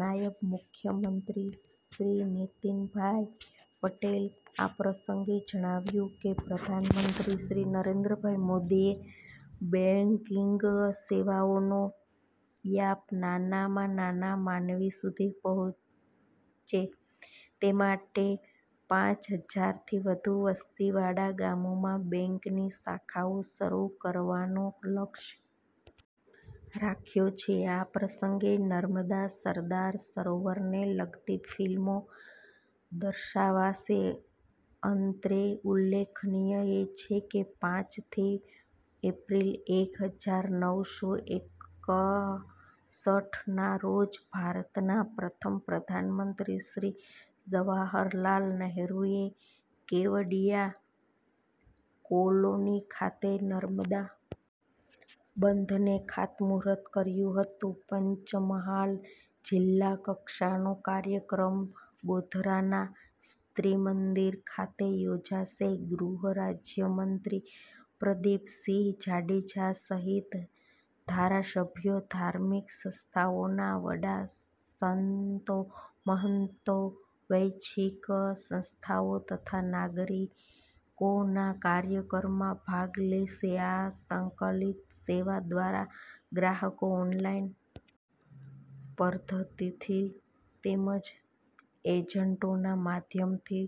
નાયબ મુખ્યમંત્રી શ્રી નીતિનભાઈ પટેલે આ પ્રસંગે જણાવ્યું કે પ્રધાનમંત્રી શ્રી નરેન્દ્રભાઈ મોદીએ બેન્કીંગ સેવાઓનો વ્યાપ નાનામાં નાના માનવી સુધી પહોચે તે માટે પાંચ હજારથી વધુ વસ્તીવાળા ગામોમાં બેન્કની શાખાઓ શરૂ કરવાનો લક્ષ્ય રાખ્યો છે આ પ્રસંગે નર્મદા સરદાર સરોવરને લગતી ફિલ્મો દર્શાવાશે અંત્રે ઉલ્લેખનીય એ છે કે પાંચમી એપ્રિલ એક હજાર નવ સો એકસઠ ના રોજ ભારતના પ્રથમ પ્રધાનમંત્રી શ્રી જવાહરલાલ નેહરૂએ કેવડીયા કોલોની ખાતે નર્મદા બંધનું ખાતમૂહુર્ત કર્યું હતું પંચમહાલ જિલ્લાકક્ષાનો કાર્યક્રમ ગોધરાના ત્રિમંદિર ખાતે યોજાશે ગૃહરાજ્યમંત્રી પ્રદિપસિંહ જાડેજા સહિત ધારાસભ્યો ધાર્મિક સંસ્થાઓના વડાસંતોમહંતો સ્વૈચ્છીક સંસ્થાઓ તથા નાગરીકો ના કાર્યક્રમમાં ભાગ લેશે આ સંકલિત સેવા દ્વારા ગ્રાહકો ઓનલાઇન પરધ્ધતીથિ તેમજ એજન્ટોના માધ્યમથી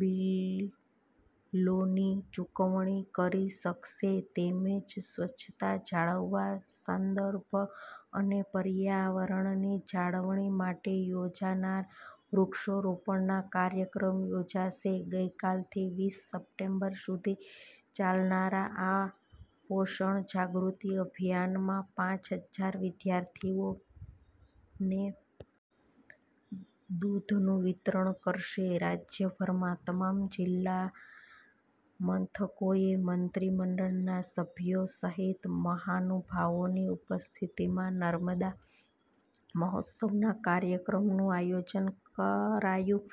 બીલોની ચુકવણી કરી શકશે ,તેમજ સ્વચ્છતા જાળવવા સંદર્ભે અને પર્યાવરણની જાળવણી માટે યોજાનાર વૃક્ષારોપણના કાર્યક્રમો યોજાશે ગઇકાલથી વીસ સપ્ટેમ્બર સુધી ચાલનારા આ પોષણ જાગૃતિ અભિયાનમાં પાંચ હજાર વિદ્યાર્થીઓને દૂધનું વિતરણ કરશે રાજ્યભરમાં તમામ જિલ્લા મનથકોએ મંત્રીમંડળના સભ્યો સહિત મહાનુભાવોની ઉપસ્થિતિમાં નર્મદા મહોત્સવના કાર્યક્રમોનું આયોજન કરાયું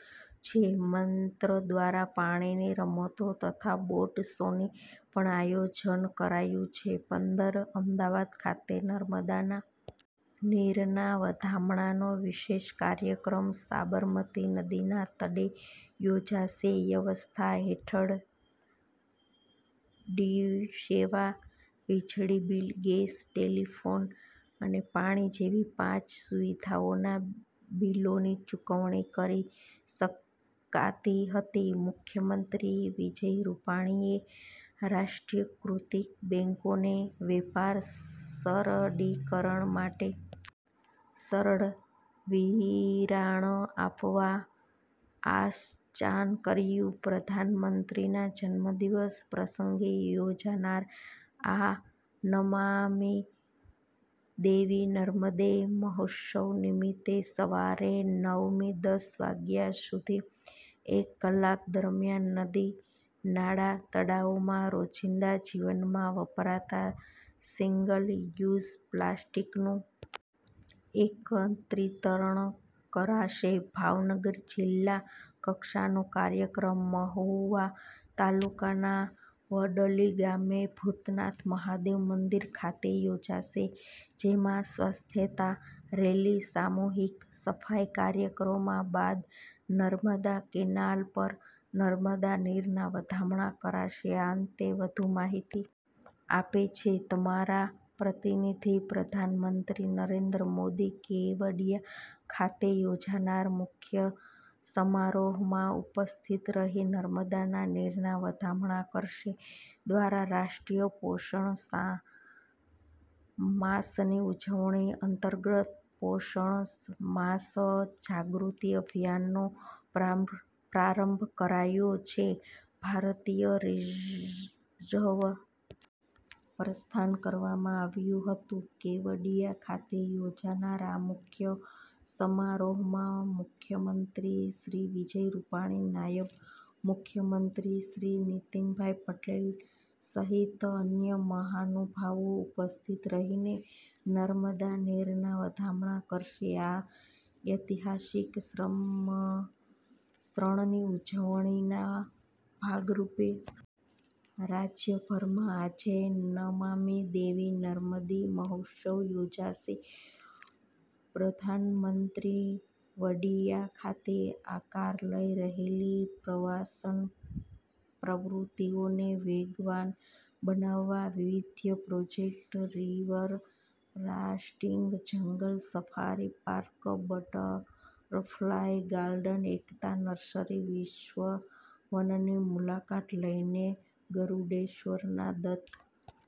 છે મંત્ર દ્વારા પાણીની રમતો તથા બોટ શોનું પણ આયોજન કરાયું છે પંદર અમદાવાદ ખાતે નર્મદાના નીરના વધામણાનો વિશેષ કાર્યક્રમ સાબરમતી નદીના તટે યોજાશે વ્યવસ્થા હેઠળ ડી સેવા વીજળીબીલ ગેસ ટેલીફોન અને પાણી જેવી પાંચ સુવિધાઓના બીલોની ચુકવણી કરી શકાતી હતી મુખ્યમંત્રી વિજય રૂપાણીએ રાષ્ટ્રીયકૃતિ બેન્કોને વેપાર સરળીકરણ માટે સરળ ધિરાણ આપવા આશ્ચાન કર્યું પ્રધાનમંત્રીશ્રીના જન્મદિન પ્રસંગે યોજાનાર આ નમામિ દેવી નર્મદે મહોત્સવ નિમિત્તે સવારે નવ ને દસ વાગ્યા સુધી એક કલાક દરમ્યાન નદી નાળા તળાવોમાં રોજીંદા જીવનમાં વપરાતા સીંગલ યુઝ પ્લાસ્ટીકનું એકત્રિકરણ કરાશે ભાવનગર જિલ્લા કક્ષાનો કાર્યક્રમ મહુવા તાલુકાના વડલી ગામે ભૂતનાથ મહાદેવ મંદિર ખાતે યોજાશે જેમાં સ્વથતા રેલી સામૂહિક સફાઈ કાર્યક્રમો બાદ નર્મદા કેનાલ પર નર્મદા નીરના વધામણા કરાશે આ અંતે વધુ માહિતી આપે છે અમારા પ્રતિનિધિ પ્રધાનમંત્રી નરેન્દ્ર મોદી કેવડીયા ખાતે યોજાનારા મુખ્ય સમારોહમાં ઉપસ્થિત રહી નર્મદાના નીરના વધામણા કરશે દ્વારા રાષ્ટ્રીય પોષણ માસની ઉજવણી અંતર્ગત પોષણ માસ જાગૃતિ અભિયાનનો પ્રા પ્રારંભ કરાયો છે ભારતીય રિઝર્વ પ્રસ્થાન કરવામાં આવ્યું હતું કેવડિયા ખાતે યોજાનાર આ મુખ્ય સમારોહમાં મુખ્યમંત્રી શ્રી વિજય રૂપાણી નાયબ મુખ્યમંત્રી શ્રી નીતિનભાઈ પટેલ સહિત અન્ય મહાનુભાવો ઉપસ્થિત રહીને નર્મદા નીરના વધામણા કરશે આ ઐતિહાસિક શ્રમ ક્ષણની ઉજવણીના ભાગરૂપે રાજયભરમાં આજે નમામિ દેવી નર્મેદિ મહોત્સવ યોજાશે પ્રધાનમંત્રી વડિયા ખાતે આકાર લઈ રહેલી પ્રવાસન પ્રવૃત્તિઓને વેગવાન બનાવવા વિવિધ projects river rafting jungle safari park butterfly garden Ekta nursery વિશ્વવનની મુલાકાત લઈને ગરૂડેશ્વરના દત્ત